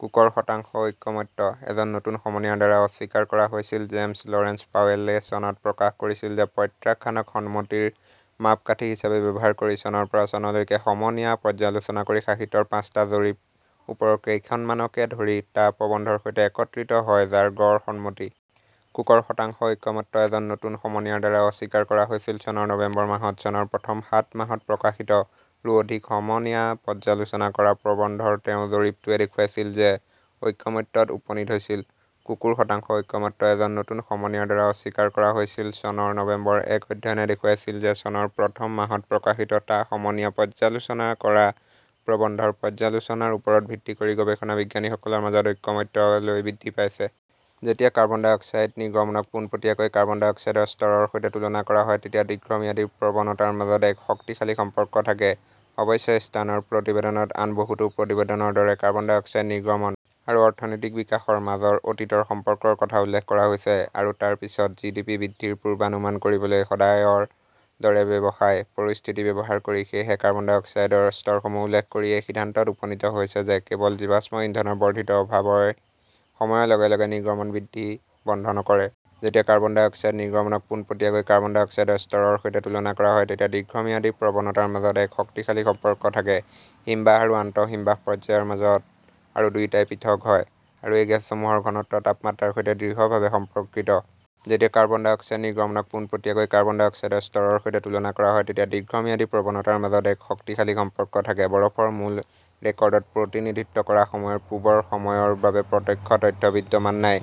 কুকৰ ' শতাংশ ঐকমত্য' এজন নতুন সমনীয়াৰ দ্বাৰা অস্বীকাৰ কৰা হৈছিল জেমছ লৰেন্স পাৱেলে চনত প্ৰকাশ কৰিছিল যে প্ৰত্যাখ্যানক সন্মতিৰ মাপকাঠি হিচাপে ব্যৱহাৰ কৰি, চনৰ পৰা চনলৈকে সমনীয়া-পৰ্যালোচনা কৰা সাহিত্যৰ পাঁচটা জৰীপ, ওপৰৰ কেইখনমানকে ধৰি, টা প্ৰবন্ধৰ সৈতে একত্ৰিত হয় যাৰ গড় সন্মতি। কুকৰ ' শতাংশ ঐকমত্য' এজন নতুন সমনীয়াৰ দ্বাৰা অস্বীকাৰ কৰা হৈছিল চনৰ নৱেম্বৰ মাহত, চনৰ প্ৰথম সাত মাহত প্ৰকাশিত, ৰো অধিক সমনীয়া-পৰ্যালোচনা কৰা প্ৰবন্ধৰ তেওঁৰ জৰীপটোৱে দেখুৱাইছিল যে ঐকমত্য ত উপনীত হৈছিল। কুকৰ ' শতাংশ ঐকমত্য' এজন নতুন সমনীয়াৰ দ্বাৰা অস্বীকাৰ কৰা হৈছিল চনৰ নৱেম্বৰৰ এক অধ্যয়নে দেখুৱাইছিল যে চনৰ প্ৰথম মাহত প্ৰকাশিত টা সমনীয়া-পৰ্যালোচনা কৰা প্ৰবন্ধৰ পৰ্যালোচনাৰ ওপৰত ভিত্তি কৰি গৱেষণা বিজ্ঞানীসকলৰ মাজত ঐকমত্য লৈ বৃদ্ধি পাইছে। যেতিয়া কাৰ্বন ডাই অক্সাইড নিৰ্গমনক পোনপটীয়াকৈ কাৰ্বন ডাই অক্সাইডৰ স্তৰৰ সৈতে তুলনা কৰা হয়, তেতিয়া দীৰ্ঘম্যাদী প্ৰৱণতাৰ মাজত এক শক্তিশালী সম্পৰ্ক থাকে। অৱশ্যে, ষ্টাৰ্ণৰ প্ৰতিবেদনত, আন বহুতো প্ৰতিবেদনৰ দৰে, কাৰ্বন ডাই অক্সাইড নিৰ্গমন আৰু অৰ্থনৈতিক বিকাশৰ মাজৰ অতীতৰ সম্পৰ্কৰ কথা উল্লেখ কৰা হৈছে আৰু তাৰ পিছত জিডিপি বৃদ্ধিৰ পূৰ্বানুমান কৰিবলৈ "সদায়ৰ দৰে ব্যৱসায়" পৰিস্থিতি ব্যৱহাৰ কৰি আৰু সেয়েহে কাৰ্বন ডাই অক্সাইড -ৰ স্তৰসমূহ উল্লেখ কৰি এই সিদ্ধান্তত উপনীত হৈছে যেঃ কেৱল জীৱাশ্ম ইন্ধনৰ বৰ্ধিত অভাৱই সময়ৰ লগে লগে নিৰ্গমন বৃদ্ধি বন্ধ নকৰে। যেতিয়া কাৰ্বন ডাই অক্সাইড নিৰ্গমনক পোনপটীয়াকৈ কাৰ্বন ডাই অক্সাইডৰ স্তৰৰ সৈতে তুলনা কৰা হয়, তেতিয়া দীৰ্ঘম্যাদী প্ৰৱণতাৰ মাজত এক শক্তিশালী সম্পৰ্ক থাকে। হিমবাহ আৰু আন্তঃ হিমবাহ পৰ্যায়ৰ মাজত আৰু দুয়োটাই পৃথক হয়, আৰু এই গেছসমূহৰ ঘনত্ব তাপমাত্ৰাৰ সৈতে দৃঢ়ভাৱে সম্পৰ্কিত। যেতিয়া কাৰ্বন ডাই অক্সাইড নিৰ্গমনক পোনপটীয়াকৈ কাৰ্বন ডাই অক্সাইডৰ স্তৰৰ সৈতে তুলনা কৰা হয়, তেতিয়া দীৰ্ঘম্যাদী প্ৰৱণতাৰ মাজত এক শক্তিশালী সম্পৰ্ক থাকে। বৰফৰ মূল ৰেকৰ্ডত প্ৰতিনিধিত্ব কৰা সময়ৰ পূৰ্বৰ সময়ৰ বাবে প্ৰত্যক্ষ তথ্য বিদ্যমান নাই,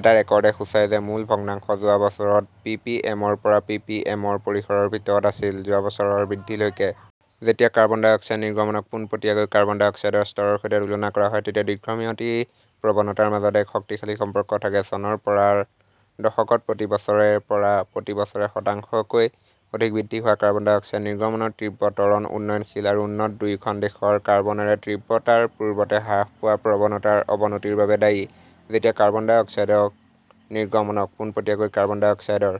এটা ৰেকৰ্ডে সূচায় যে মোল ভগ্নাংশ যোৱা বছৰত পিপিএমৰ পৰা পিপিএমৰ পৰিসৰৰ ভিতৰত আছিল, যোৱা বছৰৰ বৃদ্ধিলৈকে। যেতিয়া কাৰ্বন ডাই অক্সাইড নিৰ্গমনক পোনপটীয়াকৈ কাৰ্বন ডাই অক্সাইডৰ স্তৰৰ সৈতে তুলনা কৰা হয়, তেতিয়া দীৰ্ঘম্যাদী প্ৰৱণতাৰ মাজত এক শক্তিশালী সম্পৰ্ক থাকে। চনৰ পৰা -ৰ দশকত প্ৰতি বছৰে ৰ পৰা প্ৰতি বছৰে শতাংশতকৈ অধিক বৃদ্ধি হোৱা কাৰ্বন ডাই অক্সাইড নিৰ্গমনৰ তীব্ৰ ত্বৰণ উন্নয়নশীল আৰু উন্নত দুয়োখন দেশৰ কাৰ্বনৰ তীব্ৰতাৰ পূৰ্বতে হ্ৰাস পোৱা প্ৰৱণতাৰ অৱনতিৰ বাবে দায়ী। যেতিয়া কাৰ্বন ডাই অক্সাইড নিৰ্গমনক পোনপটীয়াকৈ কাৰ্বন ডাই অক্সাইডৰ